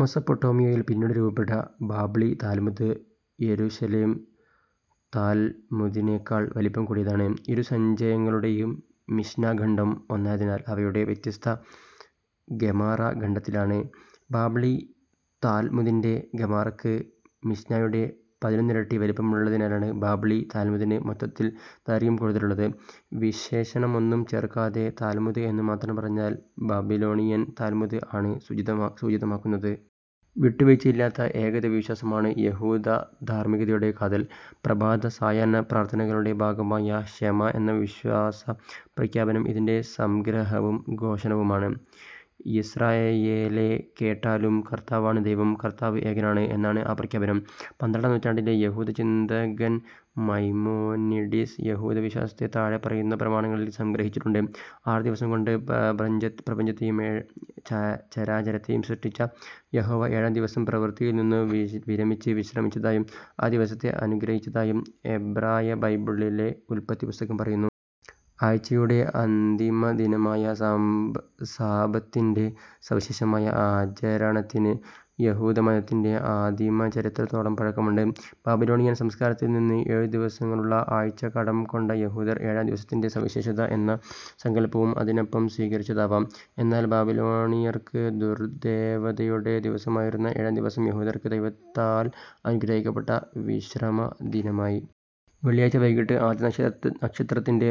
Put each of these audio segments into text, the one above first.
മെസോപ്പെട്ടൊമിയായിൽ പിന്നീടു രൂപപ്പെട്ട 'ബാബ്ലി' താൽമുദ്, യെരുശലേം താൽമുദിനേക്കാൾ വലിപ്പം കൂടിയതാണ്. ഇരു സഞ്ചയങ്ങളുടെയും മിശ്നാ ഖണ്ഡം ഒന്നായതിനാൽ അവയുടെ വ്യത്യസ്തത ഗെമാറ ഖണ്ഡത്തിലാണ്. 'ബാബ്ലി' താൽമുദിന്റെ ഗെമാറക്ക് മിശ്നായുടെ പതിനൊന്നിരട്ടി വലിപ്പമുള്ളതിനാലാണ് 'ബാബ്ലി' താൽമുദിന് മൊത്തത്തിൽ ദൈർഘ്യം കൂടുതലുള്ളത്. വിശേഷണമൊന്നും ചേർക്കാതെ താൽമുദ് എന്നു മാത്രം പറഞ്ഞാൽ ബാലിലോണിയൻ താൽമുദ് ആണ് സൂചിതമാകുന്നത്. വിട്ടുവീഴ്ചയില്ലാത്ത ഏകദൈവവിശ്വാസമാണ് യഹൂദധാർമ്മികതയുടെ കാതൽ. പ്രഭാത-സായാഹ്നപ്രാർത്ഥനകളുടെ ഭാഗമായ ഷെമാ എന്ന വിശ്വാസപ്രഖ്യാപനം, ഇതിന്റെ സംഗ്രഹവും ഘോഷണവുമാണ്. "യിസ്രായേലേ കേട്ടാലും: കർത്താവാണ് ദൈവം; കർത്താവ് ഏകനാണ്" എന്നാണ് ആ പ്രഖ്യാപനം. പന്ത്രണ്ടാം നൂറ്റാണ്ടിലെ യഹൂദചിന്തകൻ മൈമോനിഡിസ്, യഹൂദവിശ്വാസത്തെ താഴെപ്പറയുന്ന പ്രമാണങ്ങളിൽ സംഗ്രഹിച്ചിട്ടുണ്ട്. ആറുദിവസം കൊണ്ട് പ്രപഞ്ചത്തേയും ചരാചരങ്ങളേയും സൃഷ്ടിച്ച യഹോവ ഏഴാം ദിവസം പ്രവൃത്തിയിൽ നിന്നു വിരമിച്ച് വിശ്രമിച്ചതായും ആ ദിവസത്തെ അനുഗ്രഹിച്ചതായും എബ്രായബൈബിളിലെ ഉല്പത്തിപ്പുസ്തകം പറയുന്നു. ആഴ്ചയുടെ അന്തിമദിനമായ സാബത്തിന്റെ സവിശേഷമായ ആചരണത്തിന് യഹൂദമതത്തിന്റെ ആദിമചരിത്രത്തോളം പഴക്കമുണ്ട്. ബാബിലോണിയൻ സംസ്കാരത്തിൽ നിന്ന് ഏഴു ദിവസങ്ങളുള്ള ആഴ്ച കടം കൊണ്ട യഹൂദർ, ഏഴാം ദിവസത്തിന്റെ സവിശേഷത എന്ന സങ്കല്പവും അതിനൊപ്പം സ്വീകരിച്ചതാവാം. എന്നാൽ ബാബിലോണിയർക്ക് ദുർദ്ദേവതയുടെ ദിവസമായിരുന്ന ഏഴാം ദിവസം യഹൂദർക്ക് ദൈവത്താൽ അനുഗ്രഹിക്കപ്പെട്ട വിശ്രമദിനമായി. വെള്ളിയാഴ്ച വൈകിട്ട് ആദ്യനക്ഷത്രത്തിന്റെ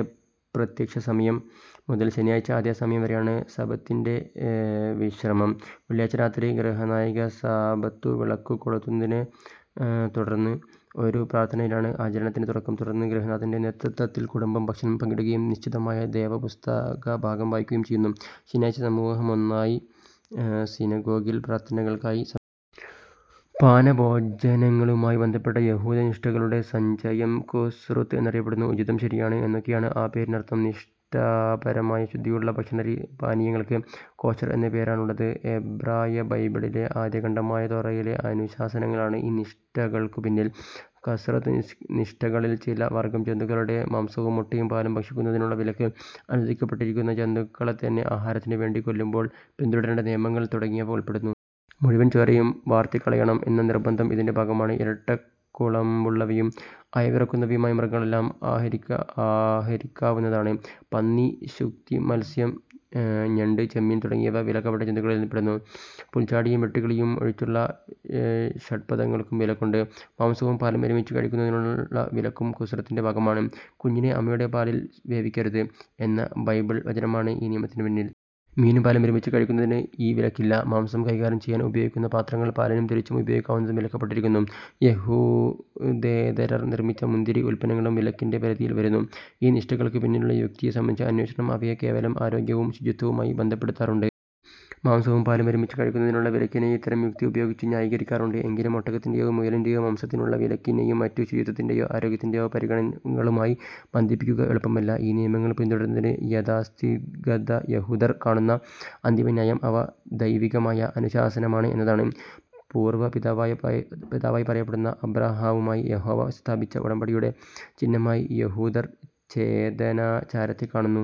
പ്രത്യക്ഷസമയം മുതൽ ശനിയാഴ്ച അതേസമയം വരെയാണ് സബത്തിന്റെ വിശ്രമം. വെള്ളിയാഴ്ച രാത്രി ഗൃഹനായിക സാബത്തു വിളക്കു കൊളുത്തുന്നതിനെ തുടർന്നുള്ള ഒരു പ്രാർത്ഥനയിലാണ് ആചരണത്തിന്റെ തുടക്കം. തുടർന്ന് ഗൃഹനാഥന്റെ നേതൃത്വത്തിൽ കുടുംബം ഭക്ഷണം പങ്കിടുകയും നിശ്ചിതമായ വേദപുസ്തകഭാഗം വായിക്കുകയും ചെയ്യുന്നു. ശനിയാഴ്ച സമൂഹമൊന്നായി സിനഗോഗിൽ പ്രാർത്ഥനക്കായി സമ്മേളിക്കുന്നു. പാനഭോജനങ്ങളുമായി ബന്ധപ്പെട്ട യഹൂദനിഷ്ഠകളുടെ സഞ്ചയം 'കസ്രുത്ത്' എന്നറിയപ്പെടുന്നു. ഉചിതം, ശരിയായത്, എന്നൊക്കെയാണ് ആ പേരിനർത്ഥം. നിഷ്ഠാപരമായ ശുദ്ധിയുള്ള ഭക്ഷണപാനീയങ്ങൾക്ക് 'കോഷർ' എന്ന പേരാണുള്ളത്. എബ്രായബൈബിളിലെ ആദ്യഖണ്ഡമായ തോറയിലെ അനുശാസനങ്ങളാണ് ഈ നിഷ്ഠകൾക്കു പിന്നിൽ. 'കസ്രുത്ത്'-നിഷ്ഠകളിൽ ചില വർഗ്ഗം ജന്തുക്കളുടെ മാംസവും മുട്ടയും പാലും ഭക്ഷിക്കുന്നതിനുള്ള വിലക്ക്; അനുവദിക്കപ്പെട്ടിരിക്കുന്ന ജന്തുക്കളെത്തന്നെ ആഹാരത്തിനു വേണ്ടി കൊല്ലുമ്പോൾ പിന്തുടരേണ്ട നിയമങ്ങൾ തുടങ്ങിയവ ഉൾപ്പെടുന്നു. മുഴുവൻ ചോരയും വാർത്തിക്കളയണം എന്ന നിർബ്ബന്ധം ഇതിന്റെ ഭാഗമാണ്. ഇരട്ടക്കുളമ്പുള്ളവയും അയവിറക്കുന്നവയുമായ മൃഗങ്ങളെല്ലാം ആഹരിക്കാവുന്നവയാണ്. പന്നി, ശുക്തിമത്സ്യം, ഞണ്ട്, ചെമ്മീൻ തുടങ്ങിയവ വിലക്കപ്പെട്ട ജന്തുക്കളിൽ പെടുന്നു. പുൽച്ചാടിയും വെട്ടുക്കിളിയും ഒഴിച്ചുള്ള ഷ്ഡ്പദങ്ങൾക്കും വിലക്കുണ്ട്. മാംസവും പാലും ഒരുമിച്ചു കഴിക്കുന്നതിനുള്ള വിലക്കും കസ്രുത്തിന്റെ ഭാഗമാണ്. "കുഞ്ഞിനെ അമ്മയുടെ പാലിൽ വേവിക്കരുത്" എന്ന ബൈബിൾ വചനമാണ് ഈ നിയമത്തിനു പിന്നിൽ. മീനും പാലും ഒരുമിച്ചു കഴിക്കുന്നതിന് ഈ വിലക്കില്ല. മാംസം കൈകാര്യം ചെയ്യാൻ ഉപയോഗിക്കുന്ന പാത്രങ്ങൾ പാലിനും, തിരിച്ചും ഉപയോഗിക്കുന്നതും വിലക്കപ്പെട്ടിരിക്കുന്നു. യഹൂദേതരർ നിർമ്മിച്ച മുന്തിരി ഉല്പന്നങ്ങളും വിലക്കിന്റെ പരിധിയിൽ വരുന്നു. ഈ നിഷ്ഠകൾക്കു പിന്നിലുള്ള യുക്തിയെ സംബന്ധിച്ച അന്വേഷണം, അവയെ കേവലും ആരോഗ്യവും ശുചിത്വവുമായി ബന്ധപ്പെടുത്താറുണ്ട്. മാംസവും പാലും ഒരുമിച്ചു കഴിക്കുന്നതിനുള്ള വിലക്കിനെ ഇത്തരം യുക്തി ഉപയോഗിച്ചു ന്യായീകരിക്കാറുണ്ട്. എങ്കിലും ഒട്ടകത്തിന്റേയോ മുയലിന്റേയോ മാംസത്തിനുള്ള വിലക്കിനേയും മറ്റും ശുചിത്വത്തിന്റേയോ ആരോഗ്യത്തിന്റേയോ പരിഗണനകളുമായി ബന്ധിപ്പിക്കുക എളുപ്പമല്ല. ഈ നിയമങ്ങൾ പിന്തുടരുന്നതിന് യാഥാസ്ഥിതികയഹൂദർ കാണുന്ന അന്തിമന്യായം അവ ദൈവികമായ അനുശാസനമാണ് എന്നതാണ്. പൂർവപിതാവായി പറയപ്പെടുന്ന അബ്രാഹവുമായി യഹോവ സ്ഥാപിച്ച ഉടമ്പടിയുടെ ചിഹ്നമായി യഹൂദർ ഛേദനാചാരത്തെ കാണുന്നു.